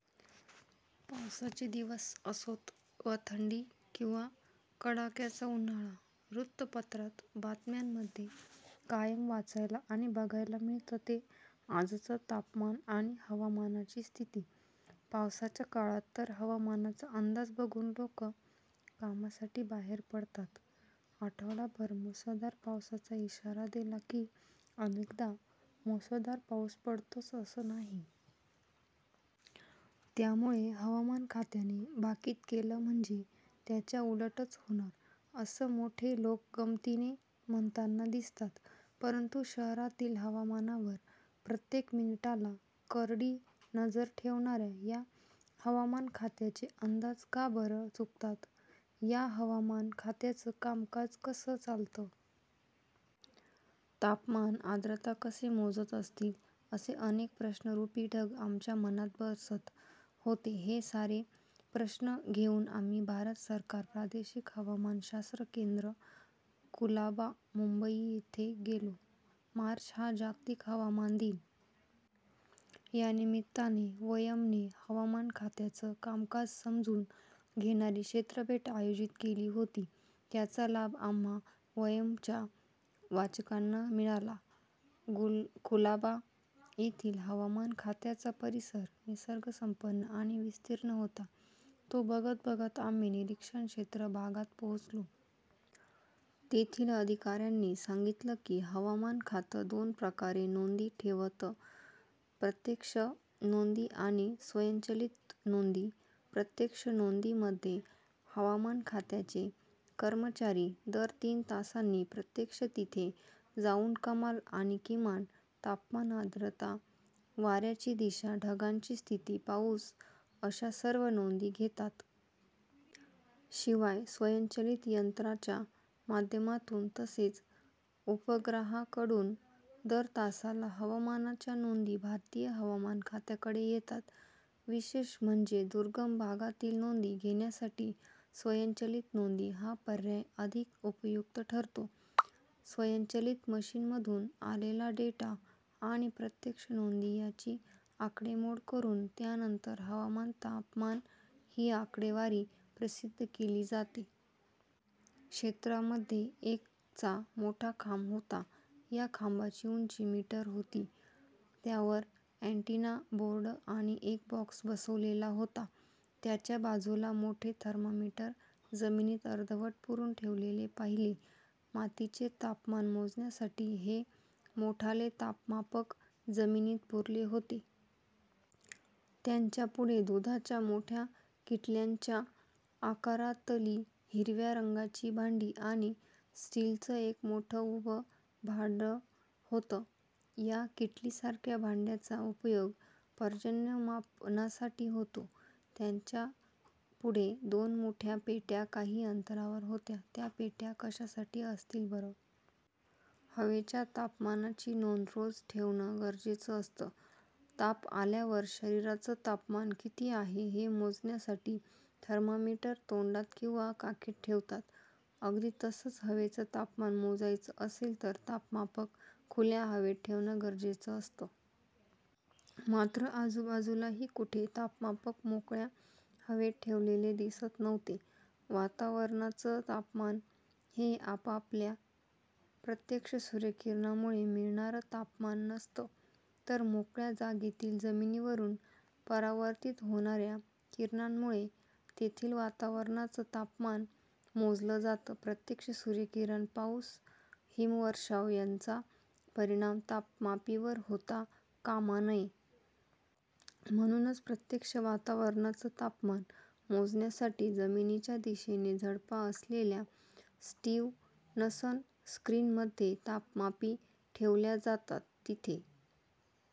पावसाचे दिवस असोत, वा थंडी किंवा कडाक्याचा उन्हाळा, वृत्तपत्रात बातम्यांमध्ये कायम वाचायला आणि बघायला मिळतं ते आजचं तापमान आणि हवामानाची स्थिती. पावसाच्या काळात तर हवामानाचा अंदाज बघून लोक कामासाठी बाहेर पडतात. आठवडाभर मुसळधार पावसाचा इशारा दिला की, अनेकदा मुसळधार पाऊस पडतोच असं नाही. त्यामुळे हवामान खात्याने भाकीत केलं म्हणजे त्याच्या उलटच होणार, असं मोठे लोक गमतीने म्हणताना दिसतात. परंतु शहरातील हवामानावर प्रत्येक मिनिटाला करडी नजर ठेवणाऱ्या या हवामान खात्याचे अंदाज का बरं चुकतात? या हवामान खात्याचं कामकाज कसं चालतं? तापमान, आर्द्रता कसे मोजत असतील? असे अनेक प्रश्नरूपी ढग आमच्या मनात बरसत होते. हे सारे प्रश्न घेऊन आम्ही 'भारत सरकार प्रादेशिक हवामान शास्त्र केंद्र- कुलाबा, मुंबई' इथे गेलो. मार्च हा जागतिक हवामान दिन. या निमित्ताने 'वयम्'ने हवामान खात्याचं कामकाज समजून घेणारी क्षेत्रभेट आयोजित केली होती. त्याचा लाभ आम्हां 'वयम्'च्या वाचकांना मिळाला. कुलाबा येथील हवामान खात्याचा परिसर निसर्गसंपन्न आणि विस्तीर्ण होता. तो बघत बघत आम्ही 'निरीक्षण क्षेत्र' भागात पोहोचलो. तेथील अधिकाऱ्यांनी सांगितलं की, हवामान खातं दोन प्रकारे नोंदी ठेवतं- प्रत्यक्ष नोंदी आणि स्वयंचलित नोंदी. प्रत्यक्ष नोंदीमध्ये हवामान खात्याचे कर्मचारी दर तीन तासांनी प्रत्यक्ष तिथे जाऊन कमाल आणि किमान तापमान, आर्द्रता, वाऱ्यांची दिशा, ढगांची स्थिती, पाऊस अशा सर्व नोंदी घेतात. शिवाय, स्वयंचलित यंत्राच्या माध्यमातून, तसेच उपग्रहाकडून दर तासाला हवामानाच्या नोंदी भारतीय हवामान खात्याकडे येतात. विशेष म्हणजे दुर्गम भागातील नोंदी घेण्यासाठी स्वयंचलित नोंदी हा पर्याय अधिक उपयुक्त ठरतो. स्वयंचलित मशीनमधून आलेला डेटा आणि प्रत्यक्ष नोंदी यांची आकडेमोड करून त्यानंतर हवामान, तापमान ही आकडेवारी प्रसिद्ध केली जाते. क्षेत्रामध्ये एक चा मोठा खांब होता. या खांबाची उंची मीटर होती. त्यावर अँटीना, बोर्ड आणि एक बॉक्स बसवलेला होता. त्याच्या बाजूला मोठे थर्मामीटर जमिनीत अर्धवट पुरून ठेवलेले पाहिले. मातीचे तापमान मोजण्यासाठी हे मोठाले तापमापक जमिनीत पुरले होते. त्याच्या पुढे दुधाच्या मोठ्या किटल्यांच्या आकारांतली हिरव्या रंगाची भांडी आणि स्टीलचं एक मोठं उभं भांडं होतं. या किटलीसारख्या भांड्यांचा उपयोग पर्जन्यमापनासाठी होतो. याच्यापुढे दोन मोठ्या पेट्या काही अंतरावर होत्या. त्या पेट्या कशासाठी असतील बरं? हवेच्या तापमानाची नोंद रोज ठेवणं गरजेचं असतं. ताप आल्यावर शरीराचं तापमान किती आहे हे मोजण्यासाठी थर्मामीटर तोंडात किंवा काखेत ठेवतात. अगदी तसंच, हवेचं तापमान मोजायचं असेल तर तापमापक खुल्या हवेत ठेवणं गरजेचं असतं. मात्र आजूबाजूलाही कुठे तापमापक मोकळ्या हवेत ठेवलेले दिसत नव्हते. वातावरणाचं तापमान हे आपल्याला प्रत्यक्ष सूर्यकिरणांमुळे मिळणारं तापमान नसतं; तर मोकळ्या जागेतील जमिनीवरून परावर्तीत होणाऱ्या किरणांमुळे तेथील वातावरणाचं तापमान मोजलं जातं. प्रत्यक्ष सूर्यकिरण, पाऊस, हिमवर्षाव यांचा परिणाम तापमापीवर होता कामा नये. म्हणूनच प्रत्यक्ष वातावरणाचं तापमान मोजण्यासाठी जमिनीच्या दिशेने झडपा असलेल्या 'स्टीवनसन स्क्रीन'मध्ये तापमापी ठेवल्या जातात. तिथे